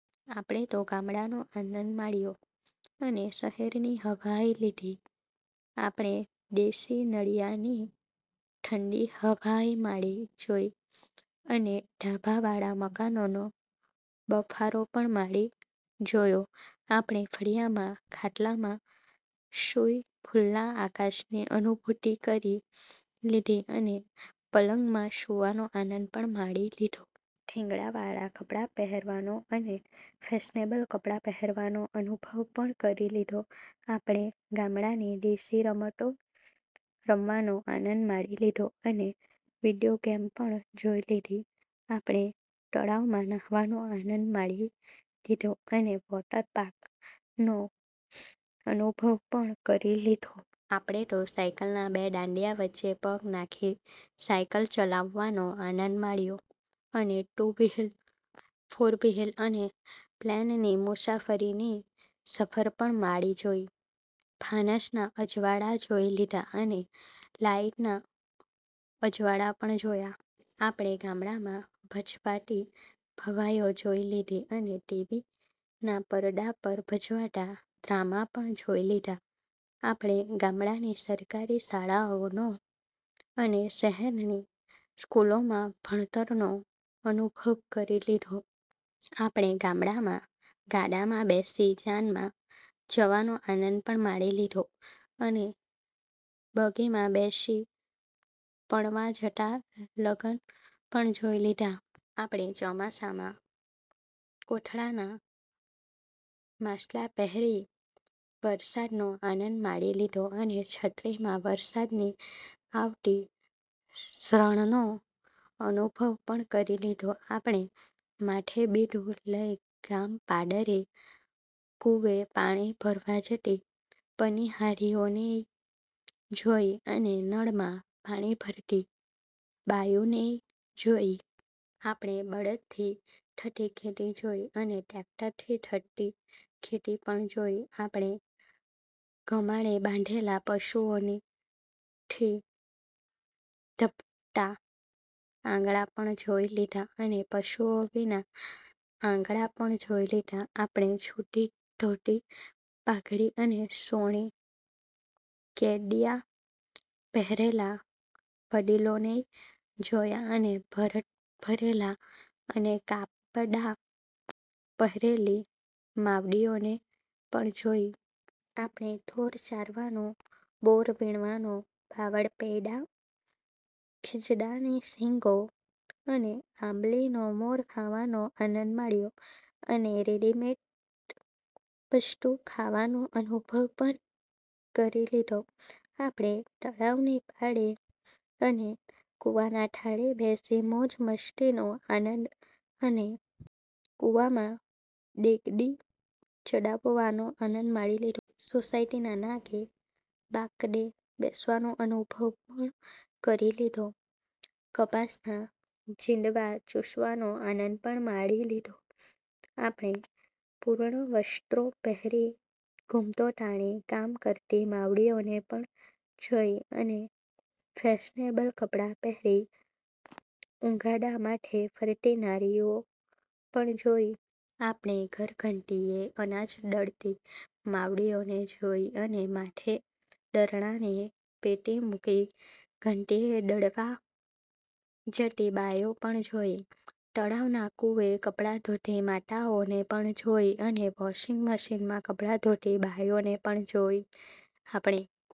આપણે તો ગામડાનો આનંદ માણ્યો અને શહેરની હવાય લીધી. આપણે દેશી નળિયાની ઠંડી હવાય માણી જોઇ અને ધાબાવાળા મકાનનો બફારો પણ માણી જોયો. આપણે ફળિયામાં ખાટલામાં સુઇ ખુલ્લા આકાશની અનુભૂતિ કરી લીધી, અને પલંગમાં સુવાનો આનંદ પણ માણી લીધો. થીગડાવાળા કપડા પહેરવાનો અને ફેશનેબલ કપડા પહેરવાનો અનુભવ પણ કરી લીધો. આપણે ગામડાની દેશી રમતો રમવાનો આનંદ માણી લીધો અને વિડીયો ગેમ પણ જોઇ લીધી. આપણે તળાવમા નાહવાનો આનંદ માણી લીધો અને વૉટર પાર્કનો અનુભવ પણ કરી લીધો. આપણે તો સાઇકલના બે ડાંડિયા વચ્ચે પગ નાખી સાઇકલ ચલાવવાનો આનંદ માણ્યો અને ટુ વ્હીલ, ફોર વ્હીલ અને પ્લેનની મુસાફરીની સફર પણ માણી જોઇ. ફાનસના અજવાળા જોઇ લીધા અને લાઇટના અજવાળા પણ જોયા. આપણે ગામડામાં ભજવાતી ભવાઇઓ જોઇ લીધી અને ટી. વી. ના પડદા પર ભજવાતા ડ્રામા પણ જોઇ લીધા. આપણે ગામડાની સરકારી શાળાનો અને શહેરની સ્કૂલોમાં ભણતરનો અનુભવ કરી લીધો. આપણે ગામડામાં ગાડામા બેસી જાનમા જવાનો આનંદ પણ માણી લીધો અને બગીમા બેસી પણવા જતા લગન પણ જોઇ લીધા. આપણે ચોમાસામા કોથળાના માસલા પહેરી વરસાદનો આનંદ માણી લીધો અને છત્રીમા વરસાદની આવતી ઝણનો અનુભવ પણ કરી લીધો. આપણે માથે બેડુ લઇ ગામ પાદરે કુવે પાણી ભરવા જતી પનીહારીઓનેય જોઇ અને નળમા પાણી ભરતી બાઇયુનેય જોઇ. આપણે બળદથી થતી ખેતી જોઇ અને ટેકટરથી થતી ખેતી પણ જોઇ. આપણે ગમાણે બાંધેલા પશુઓથી ધબકતા આંગણા પણ જોઇ લીધા અને પશુઓ વિનાના આંગણા પણ જોઇ લીધા. આપણે છુટી ધોતી, પાઘડી અને સોણી- કેડિયા પહેરેલા વડીલોનેય જોયા અને ભરત ભરેલા અને કાપડા પહેરેલી માવડીઓને પણ જોઇ. આપણે ઢોરા ચારવાનો, બોરા વીણવાનો, બાવળના પૈડા – ખીજડાની સીંગો અને આંબલીનો મોર ખાવાનો આનંદ માણ્યો અને રેડીમેડ વસ્તુ ખાવાનો અનુભવ પણ કરી લીધો. આપણે તળાવની પાળે અને કુવાના થાળે બેસી મોજ મસ્તીનો આનંદ અને કુવામા ડેગડી ચડાવવાનો આનંદ માણી લીધો. સોસાયટીના નાકે બાકડે બેસવાનો અનુભવ પણ કરી લીધો કપાસના જીંડવા ચુસવાનો આનંદ પણ માણી લીધો. આપણે પૂર્ણ વસ્ત્રો પહેરી ઘુમટો તાણી કામ કરતી માવડીઓને પણ જોઇ અને ફેશનેબલ કપડા પહેરી ઉઘાડા માથે ફરતી નારીઓ પણ જોઇ. આપણે ધરધંટીએ અનાજ દળતી માવડીઓને જોઇ અને માથે દળણાની પેટી મુકી ઘંટીએ દળાવા જતી બાઇઓ પણ જોઇ. તળાવના કુવે કપડા ધોતી માતાઓને પણ જોઇ અને વૉશીંગ મશીનમા કપડા ધોતી બાઇઓને પણ જોઇ. આપણે